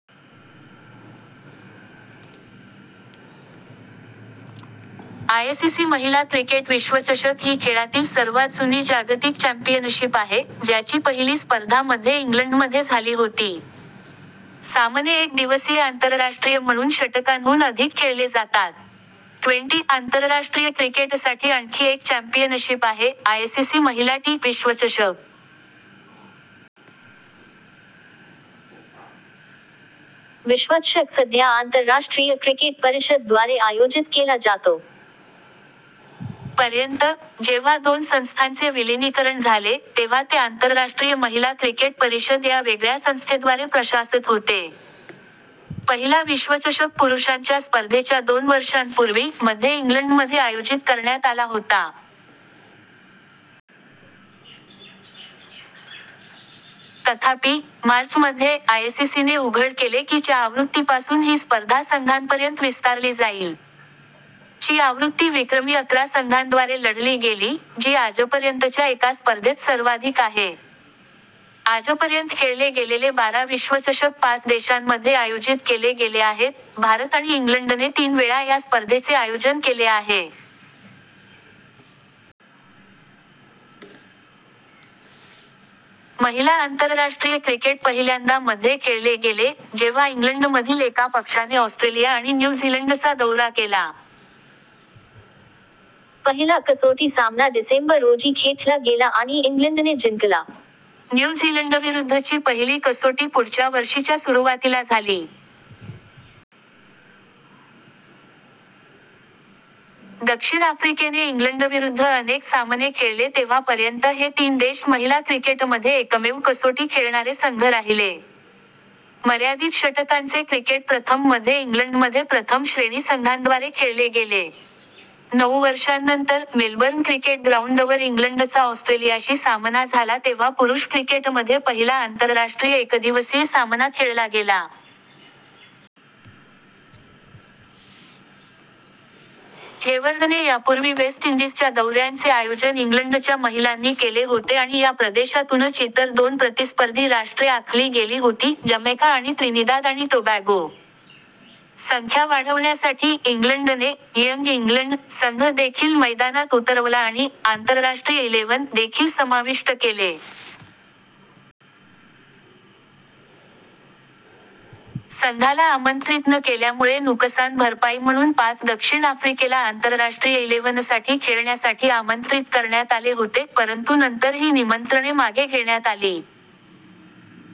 ICC महिला cricket विश्वचषक ही खेळातील सर्वात जुनी जागतिक चॅम्पियनशिप आहे, ज्याची पहिली स्पर्धा मध्ये इंग्लंडमध्ये झाली होती. सामने एक दिवसीय आंतरराष्ट्रीय म्हणून षटकांहून अधिक खेळले जातात. ट्वेंटी- आंतरराष्ट्रीय क्रिकेटसाठी आणखी एक चॅम्पियनशिप आहे, आयसीसी महिला टी- विश्वचषक. विश्वचषक सध्या आंतरराष्ट्रीय क्रिकेट परिषद द्वारे आयोजित केला जातो. पर्यंत, जेव्हा दोन संस्थांचे विलीनीकरण झाले, तेव्हा ते आंतरराष्ट्रीय महिला क्रिकेट परिषद या वेगळ्या संस्थेद्वारे प्रशासित होते. पहिला विश्वचषक पुरुषांच्या स्पर्धेच्या दोन वर्षांपूर्वी, मध्ये इंग्लंडमध्ये आयोजित करण्यात आला होता. तथापि, मार्च मध्ये, आयसीसीने उघड केले की च्या आवृत्तीपासून ही स्पर्धा संघांपर्यंत विस्तारली जाईल. ची आवृत्ती विक्रमी अकरा संघांद्वारे लढली गेली, जी आजपर्यंतच्या एका स्पर्धेत सर्वाधिक आहे. आजपर्यंत खेळले गेलेले बारा विश्वचषक पाच देशांमध्ये आयोजित केले गेले आहेत, भारत आणि इंग्लंडने तीन वेळा या स्पर्धेचे आयोजन केले आहे. महिला आंतरराष्ट्रीय क्रिकेट पहिल्यांदा मध्ये खेळले गेले, जेव्हा इंग्लंडमधील एका पक्षाने ऑस्ट्रेलिया आणि न्यू झीलंडचा दौरा केला. पहिला कसोटी सामना - डिसेंबर रोजी खेळला गेला आणि इंग्लंडने जिंकला. न्यू झीलंडविरुद्धची पहिली कसोटी पुढच्या वर्षीच्या सुरुवातीला झाली. दक्षिण आफ्रिकेने इंग्लंडविरुद्ध अनेक सामने खेळले तेव्हा पर्यंत हे तीन देश महिला क्रिकेटमध्ये एकमेव कसोटी खेळणारे संघ राहिले. मर्यादित षटकांचे क्रिकेट प्रथम मध्ये इंग्लंडमध्ये प्रथम श्रेणी संघांद्वारे खेळले गेले. नऊ वर्षांनंतर, मेलबर्न क्रिकेट ग्राउंडवर इंग्लंडचा ऑस्ट्रेलियाशी सामना झाला तेव्हा पुरुष क्रिकेटमध्ये पहिला आंतरराष्ट्रीय एकदिवसीय सामना खेळला गेला. हेवर्डने यापूर्वी वेस्ट इंडीजच्या दौऱ्यांचे आयोजन इंग्लंडच्या महिलांनी केले होते आणि या प्रदेशातूनच इतर दोन प्रतिस्पर्धी राष्ट्रे आखली गेली होती; जमैका आणि त्रिनिदाद आणि टोबॅगो. संख्या वाढवण्यासाठी, इंग्लंडने " यंग इंग्लंड " संघ देखील मैदानात उतरवला आणि " आंतरराष्ट्रीय इलेव्हन " देखील समाविष्ट केले. संघाला आमंत्रित न केल्यामुळे नुकसान भरपाई म्हणून पाच दक्षिण आफ्रिकेला आंतरराष्ट्रीय इलेव्हनसाठी खेळण्यासाठी आमंत्रित करण्यात आले होते, परंतु नंतर ही निमंत्रणे मागे घेण्यात आली.।